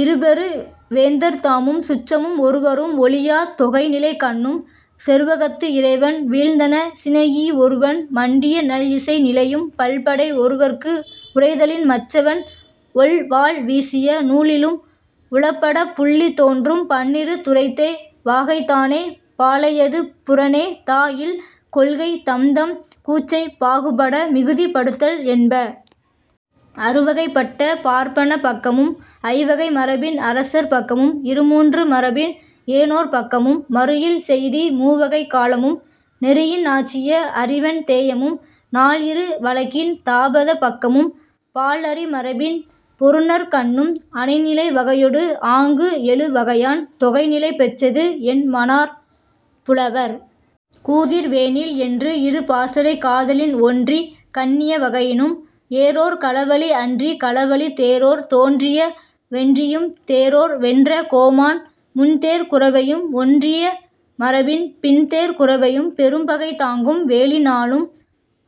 இரு பெரு வேந்தர்தாமும் சுற்றமும் ஒருவரும் ஒழியாத் தொகைநிலைக்கண்ணும் செருவகத்து இறைவன் வீழ்ந்தென சினைஇ ஒருவன் மண்டிய நல் இசை நிலையும் பல் படை ஒருவற்கு உடைதலின் மற்றவன் ஒள் வாள் வீசிய நூழிலும் உளப்படப் புல்லித் தோன்றும் பன்னிரு துறைத்தே. வாகைதானே பாலையது புறனே தா இல் கொள்கைத் தம்தம் கூற்றைப் பாகுபட மிகுதிப் படுத்தல் என்ப. அறு வகைப் பட்ட பார்ப்பனப் பக்கமும் ஐ வகை மரபின் அரசர் பக்கமும் இரு மூன்று மரபின் ஏனோர் பக்கமும் மறு இல் செய்தி மூ வகைக் காலமும் நெறியின் ஆற்றிய அறிவன் தேயமும் நால் இரு வழக்கின் தாபதப் பக்கமும் பால் அறி மரபின் பொருநர்கண்ணும் அனை நிலை வகையொடு ஆங்கு எழு வகையான் தொகை நிலைபெற்றது என்மனார் புலவர். கூதிர் வேனில் என்று இரு பாசறைக் காதலின் ஒன்றிக் கண்ணிய வகையினும் ஏரோர் களவழி அன்றி களவழித் தேரோர் தோற்றிய வென்றியும் தேரோர் வென்ற கோமான் முன்தேர்க் குரவையும் ஒன்றிய மரபின் பின்தேர்க் குரவையும் பெரும் பகை தாங்கும் வேலினானும்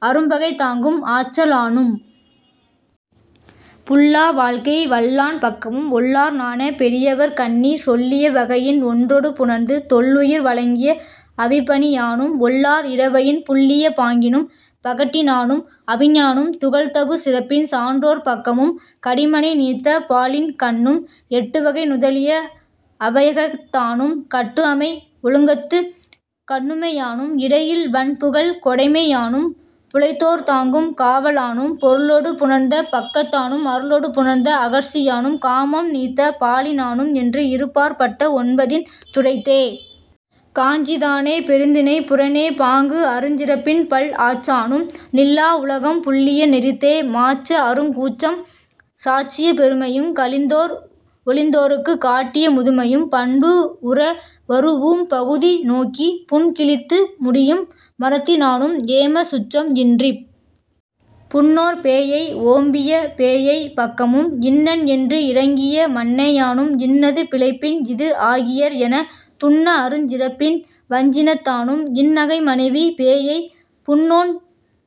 அரும் பகை தாங்கும் ஆற்றலானும் புல்லா வாழ்க்கை வல்லாண் பக்கமும் ஒல்லார் நாண பெரியவர்க் கண்ணிச் சொல்லிய வகையின் ஒன்றொடு புணர்ந்து தொல் உயிர் வழங்கிய அவிப்பலியானும் ஒல்லார் இடவயின் புல்லிய பாங்கினும் பகட்டினானும் ஆவினானும் துகள் தபு சிறப்பின் சான்றோர் பக்கமும் கடி மனை நீத்த பாலின்கண்ணும் எட்டு வகை நுதலிய அவையகத்தானும் கட்டு அமை ஒழுக்கத்துக் கண்ணுமையானும் இடை இல் வண் புகழ்க் கொடைமையானும் பிழைத்தோர்த் தாங்கும் காவலானும் பொருளொடு புணர்ந்த பக்கத்தானும் அருளொடு புணர்ந்த அகற்சியானும் காமம் நீத்த பாலினானும் என்று இரு பாற் பட்ட ஒன்பதின் துறைத்தே. காஞ்சிதானே பெருந்திணைப் புறனே பாங்கு அருஞ் சிறப்பின் பல் ஆற்றானும் நில்லா உலகம் புல்லிய நெறித்தே. மாற்ற அருங் கூற்றம் சாற்றிய பெருமையும் கழிந்தோர் ஒழிந்தோர்க்குக் காட்டிய முதுமையும் பண்பு உற வரூஉம் பகுதி நோக்கிப் புண் கிழித்து முடியும் மறத்தினானும் ஏமச் சுற்றம் இன்றிப் புண்ணோற் பேஎய் ஓம்பிய பேஎய்ப் பக்கமும் இன்னன் என்று இரங்கிய மன்னையானும் இன்னது பிழைப்பின் இது ஆகியர் எனத் துன்ன அருஞ் சிறப்பின் வஞ்சினத்தானும் இன் நகை மனைவி பேஎய் புண்ணோன்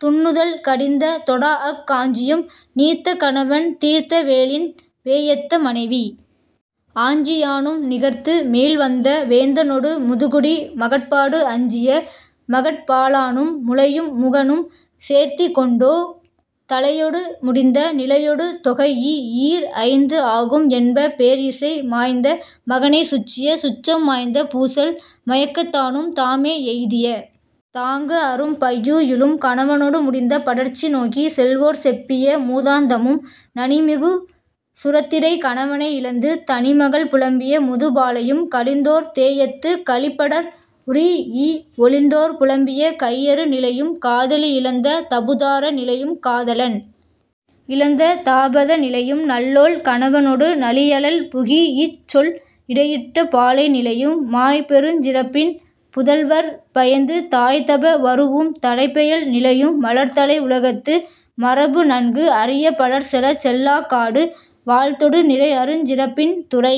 துன்னுதல் கடிந்த தொடாஅக் காஞ்சியும் நீத்த கணவன் தீர்த்த வேலின் பேஎத்த மனைவி ஆஞ்சியானும் நிகர்த்து மேல் வந்த வேந்தனொடு முதுகுடி மகட்பாடு அஞ்சிய மகட்பாலானும் முலையும் முகனும் சேர்த்திக் கொண்டோ ன் தலையொடு முடிந்த நிலையொடு தொகைஇ ஈர் ஐந்து ஆகும் என்ப பேர் இசை மாய்ந்த மகனைச் சுற்றிய சுற்றம் மாய்ந்த பூசல் மயக்கத்தானும் தாமே எய்திய தாங்க அரும் பையுளும் கணவனொடு முடிந்த படர்ச்சி நோக்கிச் செல்வோர் செப்பிய மூதானந்தமும் நனி மிகு சுரத்திடைக் கணவனை இழந்து தனி மகள் புலம்பிய முதுபாலையும் கழிந்தோர் தேஎத்துக் கழி படர் உறீஇ ஒழிந்தோர் புலம்பிய கையறு நிலையும் காதலி இழந்த தபுதார நிலையும் காதலன் இழந்த தாபத நிலையும் நல்லோள் கணவனொடு நளி அழல் புகீஇச் சொல் இடையிட்ட பாலை நிலையும் மாய் பெருஞ் சிறப்பின் புதல்வற் பயந்த தாய் தப வரூஉம் தலைப்பெயல் நிலையும் மலர் தலை உலகத்து மரபு நன்கு அறியப் பலர் செலச் செல்லாக் காடு வாழ்த்தொடு நிறை அருஞ் சிறப்பின் துறை